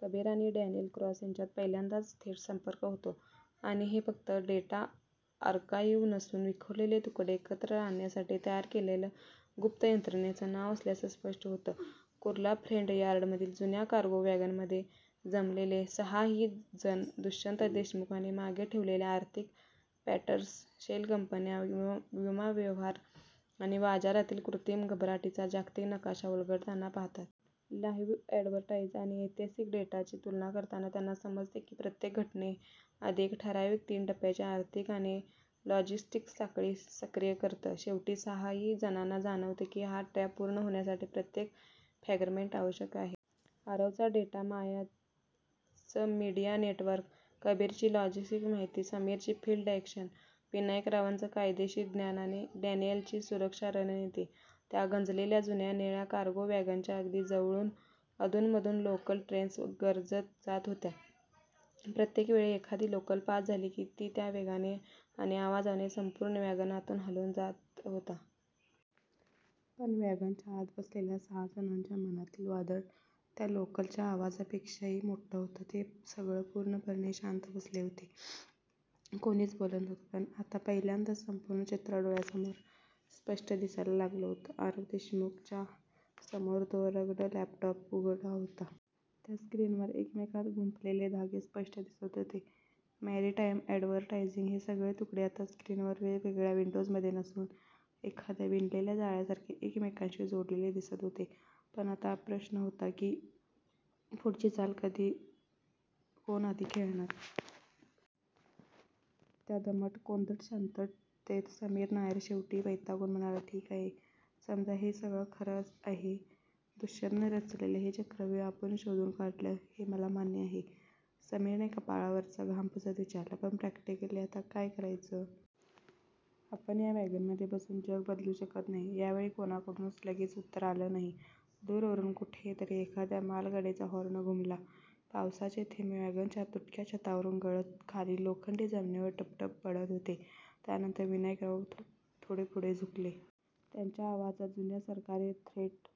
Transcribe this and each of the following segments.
कबीर आणि Daniel Cross यांच्यात पहिल्यांदाच थेट संपर्क होतो आणि हे फक्त डेटा आर्काइव्ह नसून विखुरलेले तुकडे एकत्र आणण्यासाठी तयार केलेलं गुप्त यंत्रणेचं नाव असल्याचं स्पष्ट होतं. कुर्ला फ्रेट यार्डमधील जुन्या कार्गो वॅगनमध्ये जमलेले सहाही जण दुष्यंत देशमुखांनी मागे ठेवलेल्या आर्थिक पॅटर्न्स, शेल कंपन्या, विमा व्यवहार आणि बाजारातील कृत्रिम घबराटीचा जागतिक नकाशा उलगडताना पाहतात. लाईव्ह अॅडव्हायझरीज आणि ऐतिहासिक डेटाची तुलना करताना त्यांना समजतं की प्रत्येक घटने आधी एक ठरावीक तीन-टप्प्यांची आर्थिक आणि लॉजिस्टिक साखळी सक्रिय करतं. शेवटी सहाही जणांना जाणवतं की हा ट्रॅप पूर्ण होण्यासाठी प्रत्येक फ्रॅगमेंट आवश्यक आहे. आरवचा डेटा, मायाचं मीडिया नेटवर्क, कबीरची लॉजिस्टिक्स माहिती, समीरची फिल्ड अॅक्शन, विनायकरावांचं कायदेशीर ज्ञान आणि डॅनियलची सुरक्षा रणनीती. त्या गंजलेल्या जुन्या निळ्या कार्गो वॅगनच्या अगदी जवळून अधूनमधून लोकल ट्रेन्स गर्जत जात होत्या. प्रत्येक वेळी एखादी लोकल पास झाली की त्या वेगाने आणि आवाजाने संपूर्ण वॅगन आतून हलून जात होता. पण वॅगनच्या आत बसलेल्या सहा जणांच्या मनातील वादळ त्या लोकलच्या आवाजापेक्षाही मोठं होतं. ते सगळ पूर्णपणे शांत बसले होते. कोणीच बोलत नव्हतं. आता पहिल्यांदाच संपूर्ण चित्र डोळ्यांसमोर स्पष्ट दिसायला लागलं होतं. आरव देशमुखच्या समोर तो रग्ड लॅपटॉप उघडा होता. त्या स्क्रीनवर एकमेकांत गुंफलेले धागे स्पष्ट दिसत होते. मॅरिटाईम अॅडव्हायझरीज हे सगळे तुकडे आता स्क्रीनवर वेगवेगळ्या विंडोजमध्ये नसून, एखाद्या विणलेल्या जाळ्यासारखे एकमेकांशी जोडलेले दिसत होते. पण आता प्रश्न हा होता की पुढची चाल कधी कोण आधी खेळणार? त्या दमट, कोंदट शांततेत समीर नायर शेवटी वैतागून म्हणाला, "ठीक आहे. समजा हे सगळं खरं आहे. दुष्यंतने रचलेले हे चक्रव्यूह आपण शोधून काढलं, हे मला मान्य आहे". समीरने कपाळावरचा घाम पुसत विचारलं,"पण प्रॅक्टिकली आता करायचं काय"? आपण या वॅगनमध्ये बसून जग बदलू शकत नाही. यावेळी कोणाकडूनच लगेच उत्तर आलं नाही. दूरवरून कुठेतरी एखाद्या मालगाडीचा हॉर्न घुमला. पावसाचे थेंब वॅगनच्या तुटक्या छतावरून गळत खाली लोखंडी जमिनीवर 'टप-टप' पडत होते. त्यानंतर विनायकराव थोडे पुढे झुकले. त्यांच्या आवाजात जुन्या सरकारी 'थ्रेट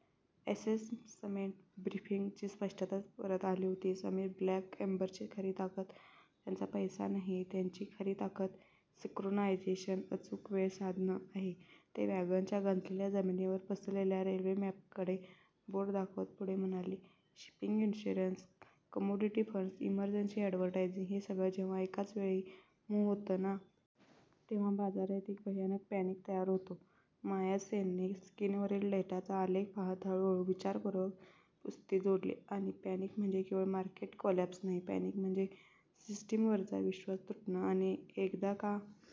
अॅसेसमेंट ब्रीफिंग'ची स्पष्टता परत आली होती. "समीर, ब्लॅक एम्बरची खरी ताकद त्यांचा पैसा नाहीये. त्यांची खरी ताकद 'सिंक्रोनायझेशन' अचूक वेळ साधणं आहे." ते वॅगनच्या गंजलेल्या जमिनीवर पसरलेल्या रेल्वे मॅपकडे बोट दाखवत पुढे म्हणाले, "shipping insurers, commodity funds, emergency advisories हे सगळं जेव्हा एकाच वेळी, मूव्ह होतं ना. तेव्हा बाजारात एक भयानक पॅनिक तयार होतो".माया सेनने स्क्रीनवरील डेटाचा आलेख पाहत हळूहळू, विचारपूर्वक पुस्ती जोडली, आणि पॅनिक म्हणजे केवळ मार्केट कोलॅप्स नाही, पॅनिक म्हणजे सिस्टीमवरचा 'विश्वास तुटणं' आणि एकदा का